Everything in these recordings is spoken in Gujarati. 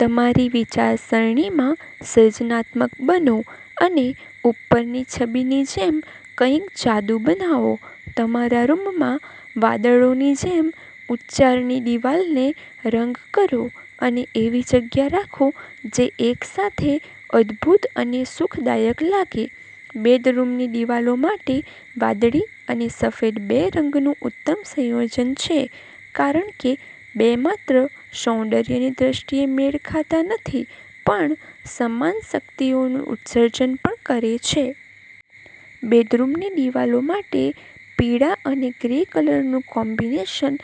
તમારી વિચારસરણીમાં સર્જનાત્મક બનો અને ઉપરની છબીની જેમ કંઈક જાદુ બનાવો. તમારા રૂમમાં વાદળોની જેમ ઉચ્ચારની દીવાલને રંગ કરો અને એવી જગ્યા રાખો જે એક સાથે અદભૂત અને સુખદાયક લાગે. બેડરૂમની દીવાલો માટે વાદળી અને સફેદ બે રંગનું ઉત્તમ સંયોજન છે, કારણ કે બે માત્ર સૌંદર્યની દૃષ્ટિએ મેળ ખાતા નથી પણ સમાન શક્તિઓનું ઉત્સર્જન પણ કરે છે. બેડરૂમની દિવાલો માટે પીળા અને ગ્રે કલરનું કોમ્બિનેશન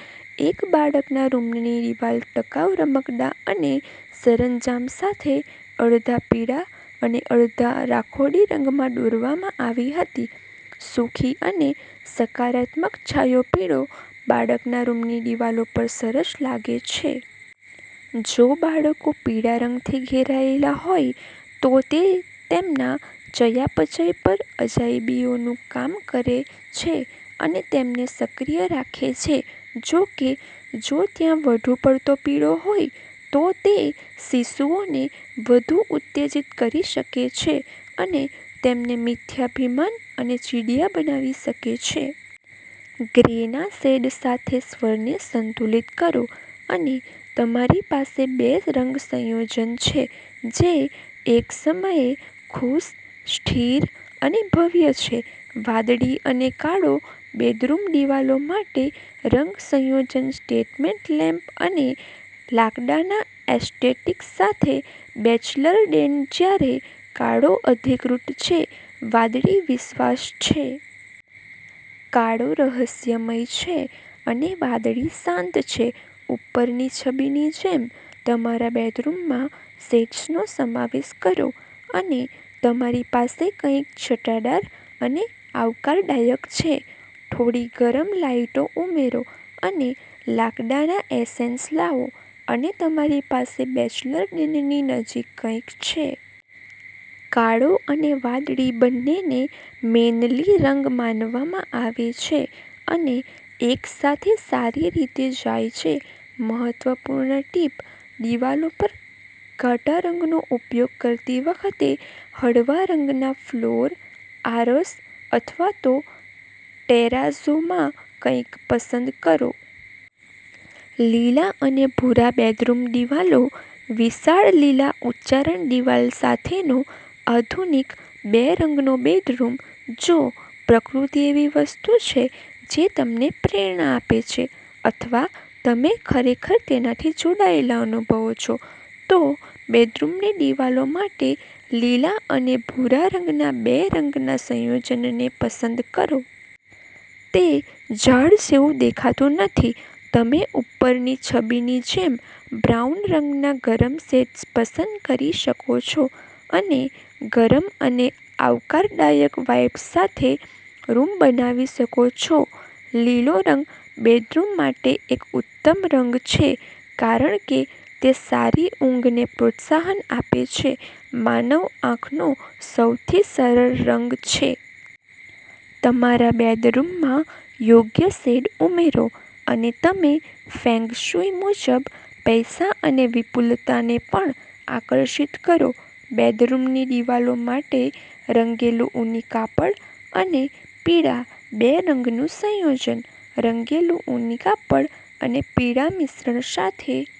એક બાળકના રૂમની દિવાલ ટકાઉ રમકડાં અને સરંજામ સાથે અડધા પીળા અને અડધા રાખોડી રંગમાં દોરવામાં આવી હતી. સુખી અને સકારાત્મક છાંયો, પીળો, બાળકના રૂમની દિવાલો પર સરસ લાગે છે. જો બાળકો પીળા રંગથી ઘેરાયેલા હોય, તો તે તેમના ચયાપચય પર અજાયબીઓનું કામ કરે છે અને તેમને સક્રિય રાખે છે. જો કે, જો ત્યાં વધુ પડતો પીળો હોય, તો તે શિશુઓને વધુ ઉત્તેજિત કરી શકે છે અને તેમને મિથ્યાભિમાન અને ચીડિયા બનાવી શકે છે. ગ્રેના શેડ સાથે સ્વરને સંતુલિત કરો, અને તમારી પાસે બે રંગ સંયોજન છે જે એકસમયે ખુશ, સ્થિર અને ભવ્ય છે. વાદળી અને કાળો બેડરૂમ દિવાલો માટે રંગ સંયોજન સ્ટેટમેન્ટ લેમ્પ અને લાકડાના એસ્ટેટિક્સ સાથે બેચલર ડેન જ્યારે કાળો અધિકૃત છે, વાદળી વિશ્વાસ છે. કાળો રહસ્યમય છે, અને વાદળી શાંત છે. ઉપરની છબીની જેમ તમારા બેડરૂમમાં શેડ્સનો સમાવેશ કરો. અને તમારી પાસે કંઈક છટાદાર અને આવકારદાયક છે. થોડી ગરમ લાઇટો ઉમેરો અને લાકડાના એસેન્સ લાવો, અને તમારી પાસે બેચલર ડેનની નજીક કંઈક છે. કાળો અને વાદળી બંનેને મેનલી રંગ માનવામાં આવે છે અને એકસાથે સારી રીતે જાય છે. મહત્વપૂર્ણ ટીપ દિવાલો પર ઘાટા રંગનો ઉપયોગ કરતી વખતે, હળવા રંગના ફ્લોર, આરસ અથવા તો ટેરાઝોમાં કંઈક પસંદ કરો. લીલા અને ભૂરા બેડરૂમ દિવાલો વિશાળ લીલા ઉચ્ચારણ દિવાલ સાથેનો આધુનિક બે રંગનો બેડરૂમ જો પ્રકૃતિ એવી વસ્તુ છે જે તમને પ્રેરણા આપે છે, અથવા તમે ખરેખર તેનાથી જોડાયેલા અનુભવો છો, તો બેડરૂમની દિવાલો માટે લીલા અને ભૂરા રંગના બે રંગના સંયોજનને પસંદ કરો. તે ઝાડ જેવું દેખાતું નથી. તમે ઉપરની છબીની જેમ બ્રાઉન રંગના ગરમ શેડ્સ પસંદ કરી શકો છો અને ગરમ અને આવકારદાયક વાઇબ્સ સાથે રૂમ બનાવી શકો છો. લીલો રંગ બેડરૂમ માટે એક ઉત્તમ રંગ છે કારણ કે તે સારી ઊંઘને પ્રોત્સાહન આપે છે, માનવ આંખનો સૌથી સરળ રંગ છે. તમારા બેડરૂમમાં યોગ્ય શેડ ઉમેરો, અને તમે ફેંગ શુઇ મુજબ પૈસા અને વિપુલતાને પણ આકર્ષિત કરો. બેડરૂમની દિવાલો માટે રંગેલું ઊની કાપડ અને પીળા બે રંગનું સંયોજન. રંગેલું ઊની કાપડ અને પીળા મિશ્રણ સાથે